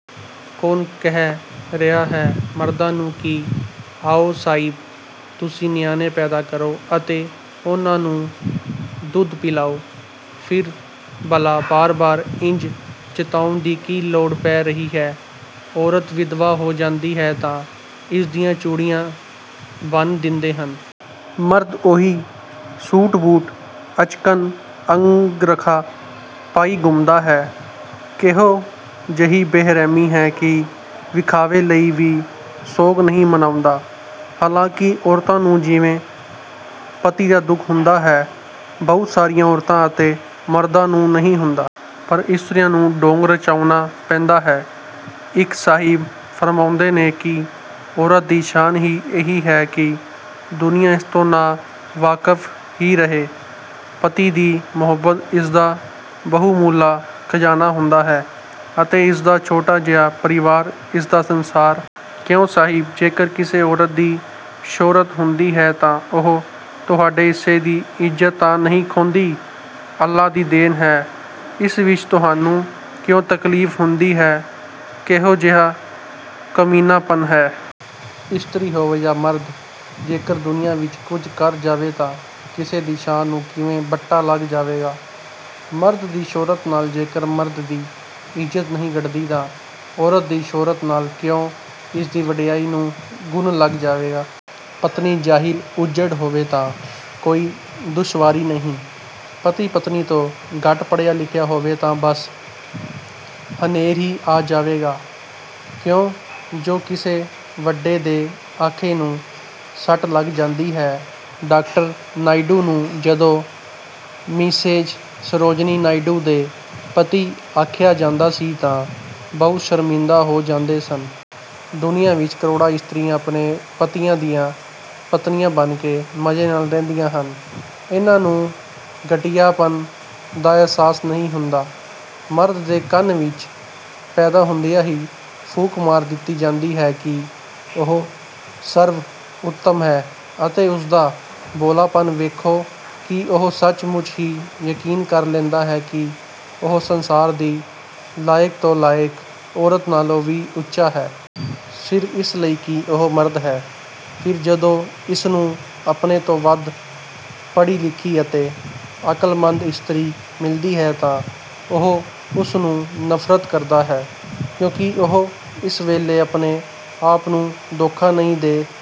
ਕੌਣ ਕਹਿ ਰਿਹਾ ਹੈ ਮਰਦਾਂ ਨੂੰ ਕਿ ਆਓ ਸਾਹਿਬ ਤੁਸੀਂ ਨਿਆਣੇ ਪੈਦਾ ਕਰੋ ਅਤੇ ਉਹਨਾਂ ਨੂੰ ਦੁੱਧ ਪਿਲਾਓ। ਫਿਰ ਭਲਾ ਬਾਰ-ਬਾਰ ਇੰਝ ਜਤਾਉਣ ਦੀ ਕੀ ਲੋੜ ਪੈ ਰਹੀ ਹੈ? ਔਰਤ ਵਿਧਵਾ ਹੋ ਜਾਂਦੀ ਹੈ ਤਾਂ ਇਸਦੀਆਂ ਚੂੜੀਆਂ ਭੰਨ ਦਿੰਦੇ ਹਨ। ਮਰਦ ਉਹੀ ਸੂਟ-ਬੂਟ, ਅਚਕਨ, ਅੰਗਰਖਾ ਪਾਈ ਘੁੰਮਦਾ ਹੈ। ਕਿਹੋ ਜਿਹੀ ਬੇ-ਰਹਿਮੀ ਹੈ ਕਿ ਵਿਖਾਵੇ ਲਈ ਵੀ ਸੋਗ ਨਹੀਂ ਮਨਾਉਂਦਾ। ਹਾਲਾਂਕਿ ਔਰਤਾਂ ਨੂੰ ਜਿਵੇਂ ਪਤੀ ਦਾ ਦੁੱਖ ਹੁੰਦਾ ਹੈ। ਬਹੁਤ ਸਾਰੀਆਂ ਔਰਤਾਂ ਅਤੇ ਮਰਦਾਂ ਨੂੰ ਨਹੀਂ ਹੁੰਦਾ। ਪਰ ਇਸਤਰੀਆਂ ਨੂੰ ਢੋਂਗ ਰਚਾਉਣਾ ਪੈਂਦਾ ਹੈ। ਇੱਕ ਸਾਹਿਬ ਫ਼ਰਮਾਉਂਦੇ ਨੇ ਕਿ 'ਔਰਤ ਦੀ ਸ਼ਾਨ ਹੀ ਇਹੀ ਹੈ ਕਿ ਦੁਨੀਆਂ ਇਸਤੋਂ ਨਾ-ਵਾਕਫ਼ ਹੀ ਰਹੇ। ਪਤੀ ਦੀ ਮੁਹੱਬਤ ਇਸਦਾ ਬਹੁ-ਮੁੱਲਾ ਖ਼ਜ਼ਾਨਾ ਹੁੰਦਾ ਹੈ ਅਤੇ ਇਸਦਾ ਛੋਟਾ ਜਿਹਾ ਪਰਿਵਾਰ ਇਸਦਾ ਸੰਸਾਰ।' ਕਿਉਂ ਸਾਹਿਬ! ਜੇਕਰ ਕਿਸੇ ਔਰਤ ਦੀ ਸ਼ੋਹਰਤ ਹੁੰਦੀ ਹੈ ਤਾਂ ਉਹ ਤੁਹਾਡੇ ਹਿੱਸੇ ਦੀ ਇਜ਼ਤ ਤਾਂ ਨਹੀਂ ਖੋਹੰਦੀ। ਅੱਲ੍ਹਾ ਦੀ ਦੇਣ ਹੈ। ਇਸ ਵਿੱਚ ਤੁਹਾਨੂੰ ਕਿਉਂ ਤਕਲੀਫ਼ ਹੁੰਦੀ ਹੈ? ਕਿਹੋ ਜਿਹਾ ਕਮੀਨਾਪਨ ਹੈ। ਇਸਤਰੀ ਹੋਵੇ ਜਾਂ ਮਰਦ, ਜੇਕਰ ਦੁਨੀਆ ਵਿੱਚ ਕੁਝ ਕਰ ਜਾਵੇ ਤਾਂ ਕਿਸੇ ਦੀ ਸ਼ਾਨ ਨੂੰ ਕਿਵੇਂ ਬੱਟਾ ਲੱਗ ਜਾਵੇਗਾ। ਮਰਦ ਦੀ ਸ਼ੋਹਰਤ ਨਾਲ ਜੇਕਰ ਮਰਦ ਦੀ ਇਜ਼ਤ ਨਹੀਂ ਘੱਟਦੀ ਤਾਂ ਔਰਤ ਦੀ ਸ਼ੋਹਰਤ ਨਾਲ ਕਿਉਂ ਇਸਦੀ ਵਡਿਆਈ ਨੂੰ ਘੁਣ ਲੱਗ ਜਾਵੇਗਾ। ਪਤਨੀ ਜਾਹਿਲ-ਉਜੱਡ ਹੋਵੇ ਤਾਂ ਕੋਈ ਦੁਸ਼ਵਾਰੀ ਨਹੀਂ। ਪਤੀ, ਪਤਨੀ ਤੋਂ ਘੱਟ ਪੜ੍ਹਿਆ-ਲਿਖਿਆ ਹੋਵੇ ਤਾਂ ਬਸ ਹਨੇਰ ਹੀ ਆ ਜਾਵੇਗਾ। ਕਿਉਂ ਜੋ ਕਿਸੇ ਵੱਡੇ ਦੇ ਆਖੇ ਨੂੰ ਸੱਟ ਲੱਗ ਜਾਂਦੀ ਹੈ। ਡਾਕਟਰ ਨਾਇਡੂ ਨੂੰ ਜਦੋਂ 'ਮਿਸੇਜ਼ ਸਰੋਜਨੀ ਨਾਇਡੂ ਦੇ ਪਤੀ' ਆਖਿਆ ਜਾਂਦਾ ਸੀ ਤਾਂ ਬਹੁਤ ਸ਼ਰਮਿੰਦਾ ਹੋ ਜਾਂਦੇ ਸਨ। ਦੁਨੀਆਂ ਵਿੱਚ ਕਰੋੜਾਂ ਇਸਤਰੀਆਂ ਆਪਣੇ ਪਤੀਆਂ ਦੀਆਂ ਪਤਨੀਆਂ ਬਣ ਕੇ ਮਜ਼ੇ ਨਾਲ ਰਹਿੰਦੀਆਂ ਹਨ। ਇਹਨਾਂ ਨੂੰ ਘਟੀਆਪਨ ਦਾ ਅਹਿਸਾਸ ਨਹੀਂ ਹੁੰਦਾ। ਮਰਦ ਦੇ ਕੰਨ ਵਿੱਚ ਪੈਦਾ ਹੁੰਦਿਆਂ ਹੀ ਫੂਕ ਮਾਰ ਦਿੱਤੀ ਜਾਂਦੀ ਹੈ ਕਿ ਉਹ ਸਰਵ-ਉੱਤਮ ਹੈ ਅਤੇ ਉਸਦਾ ਭੋਲਾਪਨ ਵੇਖੋ ਕਿ ਉਹ ਸੱਚ-ਮੁੱਚ ਹੀ ਯਕੀਨ ਕਰ ਲੈਂਦਾ ਹੈ ਕਿ ਉਹ ਸੰਸਾਰ ਦੀ ਲਾਇਕ ਤੋਂ ਲਾਇਕ ਔਰਤ ਨਾਲੋਂ ਵੀ ਉੱਚਾ ਹੈ। ਸਿਰਫ਼ ਇਸ ਲਈ ਕਿ ਉਹ ਮਰਦ ਹੈ। ਫਿਰ ਜਦੋਂ ਇਸਨੂੰ ਆਪਣੇ ਤੋਂ ਵੱਧ ਪੜ੍ਹੀ-ਲਿਖੀ ਅਤੇ ਅਕਲਮੰਦ ਇਸਤਰੀ ਮਿਲਦੀ ਹੈ ਤਾਂ ਉਹ ਉਸ ਨੂੰ ਨਫ਼ਰਤ ਕਰਦਾ ਹੈ। ਕਿਉਂਕਿ ਉਹ ਇਸ ਵੇਲੇ ਆਪਣੇ ਆਪ ਨੂੰ ਧੋਖਾ ਨਹੀਂ ਦੇ